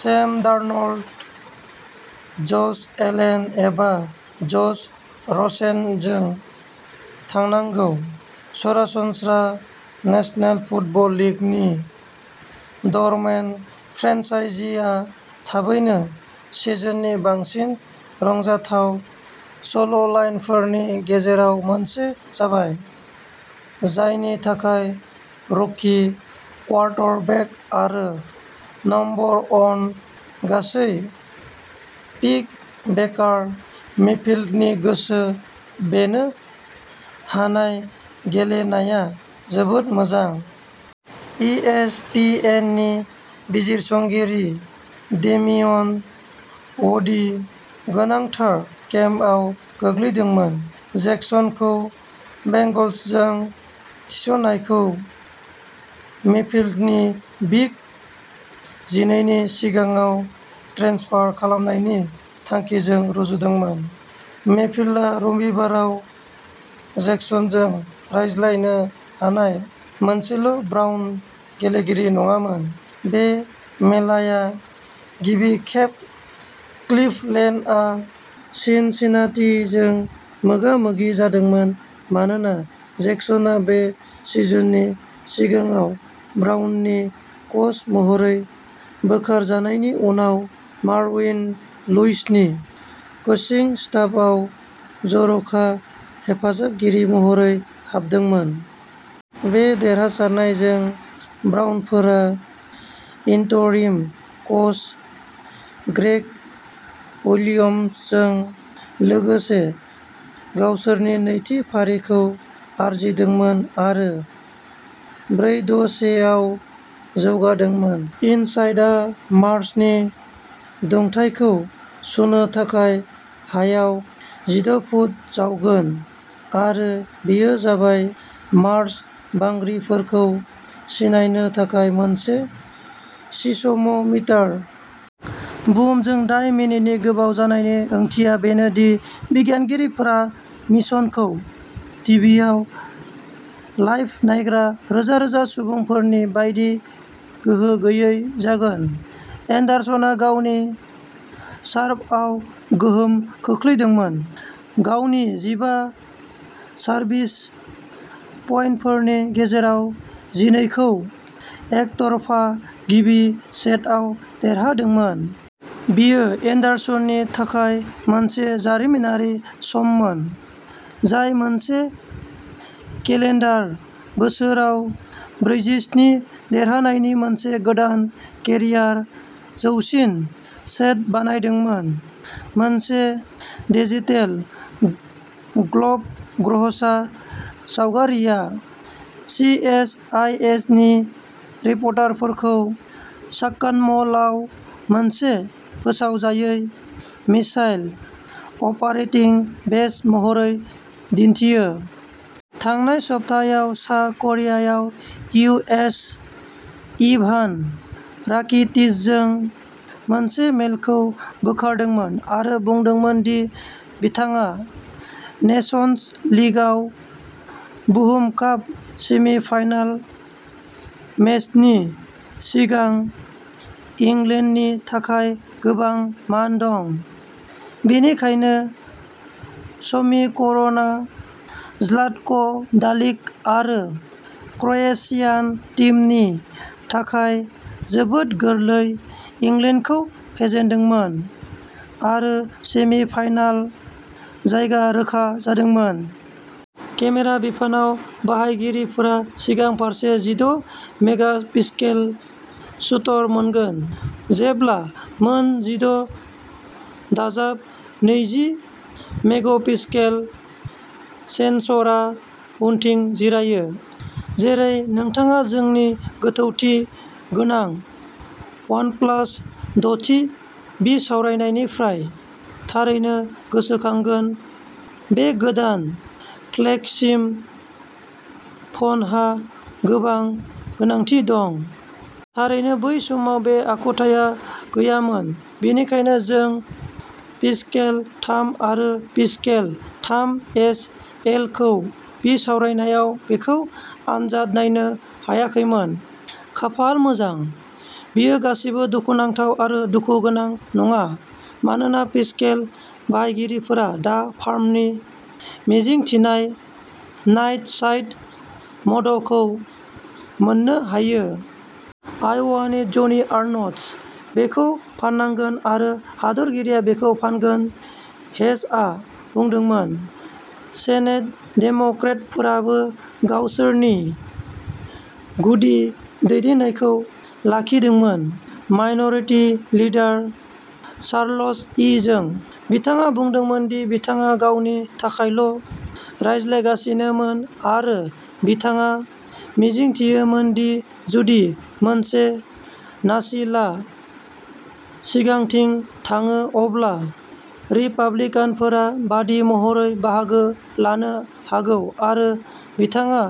Same Darnold, Josh Allen एबा Josh रसेनजों थांनांगौ। सरासनस्रा नेशनेल फुटबल लीगनि ड'रमेट फ्रेन्चाइजीआ थाबैनो सिजननि बांसिन रंजाथाव सल'लाइनफोरनि गेजेराव मोनसे जाबाय, जायनि थाखाय रुकि क्वार्टरबेक आरो नम्बर वन गासै पिक बेकार मेफील्डनि गोसो बोनो हानाय गेलेनाया जोबोद मोजां। इएसपीएननि बिजिरसंगिरि डेमियन वुडीआ गोनांथार केम्पआव गोग्लैदोंमोन, जेक्सनखौ बेंगल्सजों थिसननायखौ मेफील्डनि बिग जिनैनि सिङाव ट्रेन्सफार खालामनायनि थांखिजों रुजुदोंमोन। मेफील्डआ रबिबाराव जेक्सनजों रायज्लायनो हानाय मोनसेल'ब्राउन गेलेगिरि नङामोन। बे मेलाया गिबि खेब क्लिभलेन्डआ सिनसिनाटीजों मोगा-मोगि जादोंमोन, मानोना जेक्सनआ बे सिजननि सिगाङाव ब्राउननि कच महरै बोखारजानायनि उनाव मार्विन लुइसनि कोचिं स्टाफआव जर'खा हेफाजाबगिरि महरै हाबदोंमोन। बे देरहासारनायजों, ब्राउनफोरा इन्टरिम कच ग्रेग विलियम्सजों लोगोसे गावसोरनि नैथि फारिखौ आरजिदोंमोन आरो ब्रै-द-से आव जौगादोंमोन। इनसाइटआ मार्सनि दुंथायखौ सुनो थाखाय हायाव जिद' फुट जावगोन आरो बेयो जाबाय। मार्स बांग्रिफोरखौ सिनायनो थाखाय मोनसे सिसम'मिटार। बुहुमजों दाइन मिनिटनि गोबाव जानायनि ओंथिया बेनो दि बिगियानगिरिफोरा मिशनखौ टिभियाव लाइभ नायग्रा रोजा रोजा सुबुंफोरनि बायदि गोहो गैयै जागोन। एन्डारसनआ गावनि सार्भआव गोहोम खोख्लैदोंमोन, गावनि जिबा सार्भिस पइन्टफोरनि गेजेराव जिनैखौ एकतरफा गिबि सेटआव देरहादोंमोन। बेयो एन्डारसननि थाखाय मोनसे जारिमिनारि सममोन, जाय मोनसे केलेन्डार बोसोराव ब्रैजिस्नि देरहानायनि मोनसे गोदान केरियार जौसिन सेट बानायदोंमोन। मोनसे डिजिटेल ग्ल'ब ग्रहसा सावगारिआ सिएसआइएसनि रिपर्टफोरखौ साक्कानम'लआव मोनसे फोसावजायै मिसाइल अपारेटिं बेस महरै दिन्थियो। थांनाय सप्तायाव, सा करियाया इउ. एस. इभान राकिटिचजों मोनसे मेलखौ बोखारदोंमोन आरो बुंदोंमोन दि बिथाङा नेशन्स लीगाव बुहुम काप सेमि-फाइनाल मेचनि सिगां इंलेन्डनि थाखाय गोबां मान दं। बेनिखायनो समीकरणआ ज्लाटक'डालिक आरो क्र'एशियान टीमनि थाखाय जोबोद गोरलै, इंलेन्डखौ फेजेनदोंमोन आरो सेमि-फाइनाल जायगा रोखा जादोंमोन। केमेरा बिफानाव, बाहायगिरिफोरा सिगां फारसे जिद' मेगापिक्सेल शूटर मोनगोन। जेब्ला मोनसे जिद दाजाब नैजि मेग'पिक्सेल सेनसरा उनथिं जिरायो। जेरै नोंथाङा जोंनि गोथौथि गोनां वनप्लास दथि बिसावरायनायनिफ्राय थारैनो गोसोखांगोन, बे गोदान फ्लेगशिप फनहा गोबां गोनांथि दं। थारैनो बै समाव, बे आखुथाया गैयामोन बेनिखायनो जों पिक्सेल थाम आरो पिक्सेल थाम एस एलखौ बिसावरायनायाव बेखौ आनजाद नायनो हायाखैमोन। खाफाल मोजां, बेयो गासिबो दुखुनांथाव आरो दुखुगोनां नङा, मानोना पिक्सेल बाहायगिरिफोरा दा फार्मनि मिजिंथिनाय नाइट साइट म'डखौ मोननो हायो। आय'वानि ज'नि आर्नस्ट। बेखौ फाननांगोन, आरो हादोरगिरिया बेखौ फानगोन, हेचआ बुंदोंमोन। सेनेट डेम'क्रेटफोराबो गावसोरनि गुदि दैदेननायखौ लाखिदोंमोन, माइन'रिटि लिडार चार्ल्स इजों। बिथाङा बुंदोंमोन दि बिथाङा गावनि थाखायल' रायज्लायगासिनोमोन आरो बिथाङा मिजिंथियोमोन दि जुदि मोनसे नालिसआ सिगांथिं थाङो अब्ला रिपाब्लिकानफोरा बादी महरै बाहागो लानो हागौ आरो बिथाङा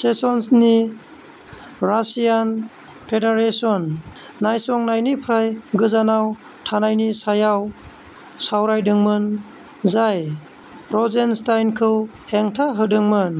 सेसन्सनि रासियान फेडारेशन नायसंनायनिफ्राय गोजानाव थानायनि सायाव सावरायदोंमोन, जाय र'जेनस्टाइनखौ हेंथा होदोंमोन।